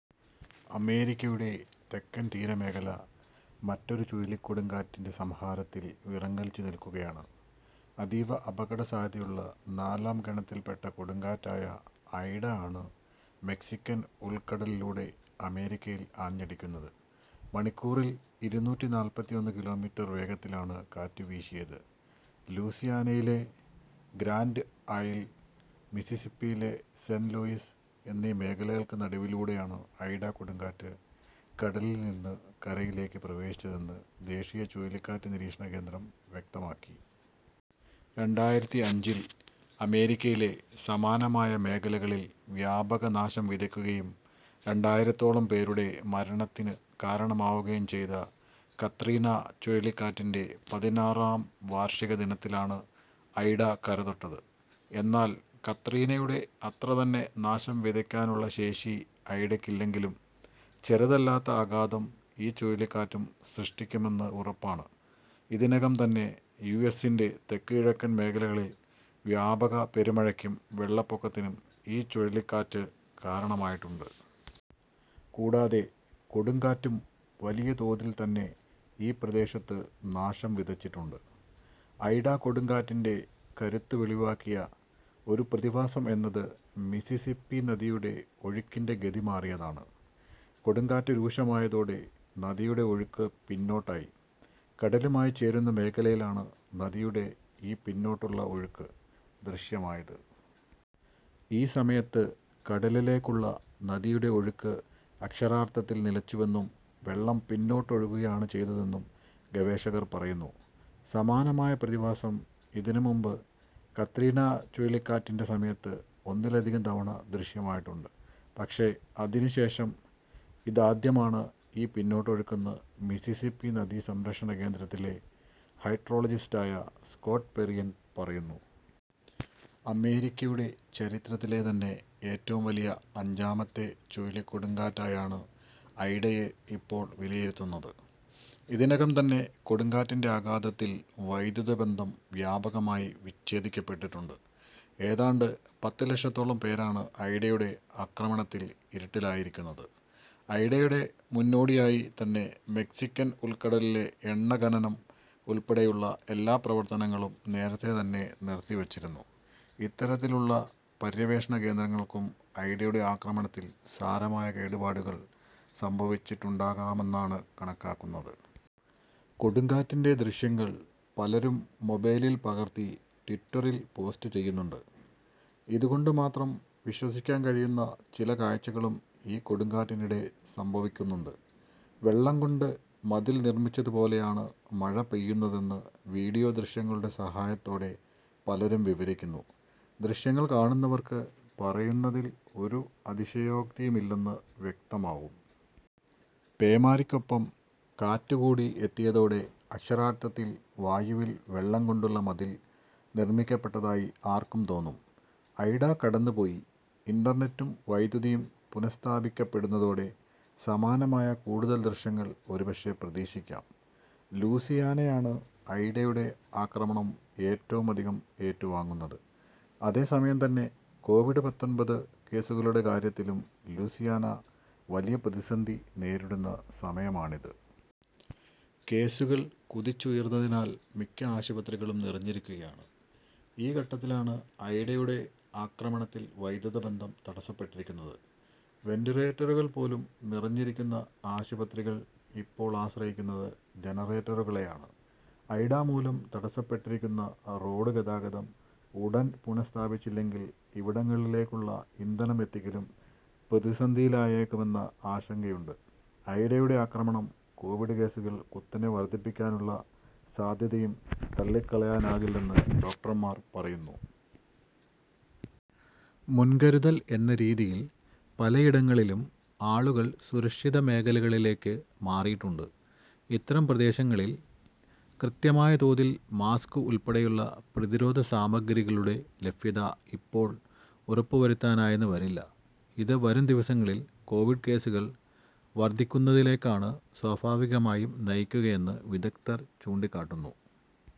അമേരിക്കയുടെ തെക്കൻ തീരമേഖല മറ്റൊരു ചുഴലിക്കൊടുങ്കാറ്റിൻ്റെ സംഹാരത്തിൽ വിറങ്ങലിച്ചു നിൽക്കുകയാണ്. അതീവ അപകട സാധ്യതയുള്ള നാലാം ഗണത്തിൽ പെട്ട കൊടുങ്കാറ്റായ ഐഡ ആണ് മെക്സിക്കൻ ഉൾക്കടലിലൂടെ അമേരിക്കയിൽ ആഞ്ഞടിക്കുന്നത്. മണിക്കൂറിൽ ഇരുന്നൂറ്റിനാല്പത്തിഒന്ന് കിലോമീറ്റർ വേഗത്തിലാണ് കാറ്റ് വീശിയത്. ലൂസിയാനയിലെ ഗ്രാൻ്റ് ഐൽ, മിസിസിപ്പിയിലെ സെൻ്റ് ലൂയിസ് എന്നീ മേഖലകൾക്ക് നടുവിലൂടെയാണ് ഐഡ കൊടുങ്കാറ്റ് കടലിൽ നിന്ന് കരയിലേക്ക് പ്രവേശിച്ചതെന്ന് ദേശീയ ചുഴലിക്കാറ്റ് നിരീക്ഷണ കേന്ദ്രം വ്യക്തമാക്കി. രണ്ടായിരത്തിഅഞ്ചിൽ അമേരിക്കയിലെ സമാനമായ മേഖലകളിൽ വ്യാപക നാശം വിതയ്ക്കുകയും രണ്ടായിരത്തോളം പേരുടെ മരണത്തിന് കാരണമാവുകയും ചെയ്ത കത്രീന ചുഴലിക്കാറ്റിൻ്റെ പതിനാറാം വാർഷിക ദിനത്തിലാണ് ഐഡ കരതൊട്ടത്. എന്നാൽ കത്രീനയുടെ അത്രതന്നെ നാശം വിതയ്ക്കാനുള്ള ശേഷി ഐഡയ്ക്കില്ലെങ്കിലും ചെറുതല്ലാത്ത ആഘാതം ഈ ചുഴലിക്കാറ്റും സൃഷ്ടിയ്ക്കുമെന്ന് ഉറപ്പാണ്. ഇതിനകം തന്നെ യുഎസിൻ്റെ തെക്ക് കിഴക്കൻ മേഖലകളിൽ വ്യാപകമായ പെരുമഴക്കും വെള്ളപ്പൊക്കത്തിനും ഈ ചുഴലിക്കാറ്റ് കാരണമായിട്ടുണ്ട്. കൂടാതെ കൊടുങ്കാറ്റും വലിയ തോതിൽ തന്നെ ഈ പ്രദേശത്ത് നാശം വിതച്ചിട്ടുണ്ട്. ഐഡ കൊടുങ്കാറ്റിൻ്റെ കരുത്ത് വെളിവാക്കിയ ഒരു പ്രതിഭാസം എന്നത് മിസിസിപ്പി നദിയുടെ ഒഴുക്കിൻ്റെ ഗതി മാറിയതാണ്. കൊടുങ്കാറ്റ് രൂക്ഷമായതോടെ നദിയുടെ ഒഴുക്ക് പിന്നോട്ടായി. കടലുമായി ചേരുന്ന മേഖലയിലാണ് നദിയുടെ ഈ പിന്നോട്ടുള്ള ഒഴുക്ക് ദൃശ്യമായത്. ഈ സമയത്ത് കടലിലേക്കുള്ള നദിയുടെ ഒഴുക്ക് അക്ഷരാർത്ഥത്തിൽ നിലച്ചുവെന്നും, വെള്ളം പിന്നോട്ടൊഴുകുകയാണ് ചെയ്തതെന്നും ഗവേഷകർ പറയുന്നു. സമാനമായ പ്രതിഭാസം ഇതിന് മുമ്പ് കത്രീന ചുഴലിക്കാറ്റിൻ്റെ സമയത്ത് ഒന്നിലധികം തവണ ദൃശ്യമായിട്ടുണ്ട്. പക്ഷേ അതിന് ശേഷം ഇതാദ്യമാണ് ഈ പിന്നോട്ടൊഴുക്കെന്ന് മിസിസിപ്പി നദീ സംരക്ഷണ കേന്ദ്രത്തിലെ ഹൈഡ്രോളജിസ്റ്റായ സ്കോട്ട് പെറിയൻ പറയുന്നു. അമേരിക്കയുടെ ചരിത്രത്തിലെ തന്നെ ഏറ്റവും വലിയ അഞ്ചാമത്തെ ചുഴലിക്കൊടുങ്കാറ്റായാണ് ഐഡയെ ഇപ്പോൾ വിലയിരുത്തുന്നത്. ഇതിനകം തന്നെ കൊടുങ്കാറ്റിൻ്റെ ആഘാതത്തിൽ വൈദ്യുത ബന്ധം വ്യാപകമായി വിഛേദിക്കപ്പെട്ടിട്ടുണ്ട്. ഏതാണ്ട് പത്ത് ലക്ഷത്തോളം പേരാണ് ഐഡയുടെ ആക്രമണത്തിൽ ഇരുട്ടിലായിരിക്കുന്നത്. ഐഡയുടെ മുന്നോടിയായി തന്നെ മെക്സിക്കൻ ഉൾക്കടലിലെ എണ്ണഖനനം ഉൾപ്പെടെയുള്ള എല്ലാ പ്രവർത്തനങ്ങളും നേരത്തെ തന്നെ നിർത്തി വച്ചിരുന്നു ഇത്തരത്തിലുള്ള പര്യവേഷണ കേന്ദ്രങ്ങൾക്കും ഐഡയുടെ ആക്രമണത്തിൽ സാരമായ കേടുപാടുകൾ സംഭവിച്ചിട്ടുണ്ടാകുമെന്നാണ് കണക്കാക്കുന്നത്. കൊടുങ്കാറ്റിൻ്റെ ദൃശ്യങ്ങൾ പലരും മൊബൈലിൾ പകർത്തി ട്വിറ്ററിൽ പോസ്റ്റ് ചെയ്യുന്നുണ്ട്. ഇത് കൊണ്ട് മാത്രം വിശ്വസിക്കാൻ കഴിയുന്ന ചില കാഴ്ചകളും ഈ കൊടുങ്കാറ്റിനിടെ സംഭവിക്കുന്നുണ്ട്. വെള്ളം കൊണ്ട് മതിൽ നിർമിച്ചതു പോലെയാണ് മഴപെയ്യുന്നതെന്ന് വിഡിയോ ദൃശ്യങ്ങളുടെ സഹായത്തോടെ പലരും വിവരിക്കുന്നു. ദൃശ്യങ്ങൾ കാണുന്നവർക്ക് പറയുന്നതിൽ ഒരു അതിശയോക്തിയുമില്ലെന്ന് വ്യക്തമാകും. പേമാരിക്കൊപ്പം കാറ്റ് കൂടി എത്തിയതോടെ അക്ഷരാർത്ഥത്തിൽ വായുവിൽ വെള്ളം കൊണ്ടുള്ള മതിൽ നിർമിക്കപ്പെട്ടതായി ആർക്കും തോന്നും. ഐഡ കടന്നു പോയി ഇൻ്റർനെറ്റും, വൈദ്യുതിയും പുനസ്ഥാപിക്കപ്പെടുന്നതോടെ സമാനമായ കൂടുതൽ ദൃശ്യങ്ങൾ ഒരു പക്ഷേ പ്രതീക്ഷിക്കാം. ലൂസിയാനയാണ് ഐഡയുടെ ആക്രമണം ഏറ്റവുമധികം ഏറ്റുവാങ്ങുന്നത്. അതേസമയം തന്നെ കോവിഡ് പത്തൊൻപത് കേസുകളുടെ കാര്യത്തിലും ലൂസിയാന വലിയ പ്രതിസന്ധി നേരിടുന്ന സമയമാണിത്. കേസുകൾ കുതിച്ചുയർന്നതിനാൽ മിക്ക ആശുപത്രികളും നിറഞ്ഞിരിക്കുകയാണ്. ഈ ഘട്ടത്തിലാണ് ഐഡയുടെ ആക്രമണത്തിൽ വൈദ്യുതബന്ധം തടസ്സപ്പെട്ടിരിക്കുന്നത്. വെൻ്റിലേറ്ററുകൾ പോലും നിറഞ്ഞിരിക്കുന്ന ആശുപത്രികൾ ഇപ്പോൾ ആശ്രയിക്കുന്നത് ജനറേറ്ററുകളെയാണ്. ഐഡ മൂലം തടസ്സപ്പെട്ടിരിക്കുന്ന റോഡ് ഗതാഗതം ഉടൻ പുനസ്ഥാപിച്ചില്ലെങ്കിൽ ഇവിടങ്ങളിലേക്കുള്ള ഇന്ധനം എത്തിക്കലും പ്രതിസന്ധിയിലായേക്കുമെന്ന ആശങ്കയുണ്ട്. ഐഡയുടെ ആക്രമണം കോവിഡ് കേസുകൾ കുത്തനെ വർധിപ്പിക്കാനുള്ള സാധ്യതയും തള്ളിക്കളയാനാകില്ലെന്ന് ഡോക്ടർമാർ പറയുന്നു. മുൻകരുതൽ എന്ന രീതിയിൽ പലയിടങ്ങളിലും ആളുകൾ സുരക്ഷിത മേഖലകളിലേക്ക് മാറിയിട്ടുണ്ട്. ഇത്തരം പ്രദേശങ്ങളിൽ കൃത്യമായ തോതിൽ മാസ്ക് ഉൾപെടെയുള്ള പ്രതിരോധ സാമഗ്രികളുടെ ലഭ്യത ഇപ്പോൾ ഉറപ്പുവരുത്താനായെന്ന് വരില്ല. ഇത് വരും ദിവസങ്ങളിൽ കോവിഡ് കേസുകൾ വർധിക്കുന്നതിലേക്കാണ് സ്വാഭാവികമായും നയിക്കുകയെന്ന് വിദഗ്ധർ ചൂണ്ടിക്കാട്ടുന്നു.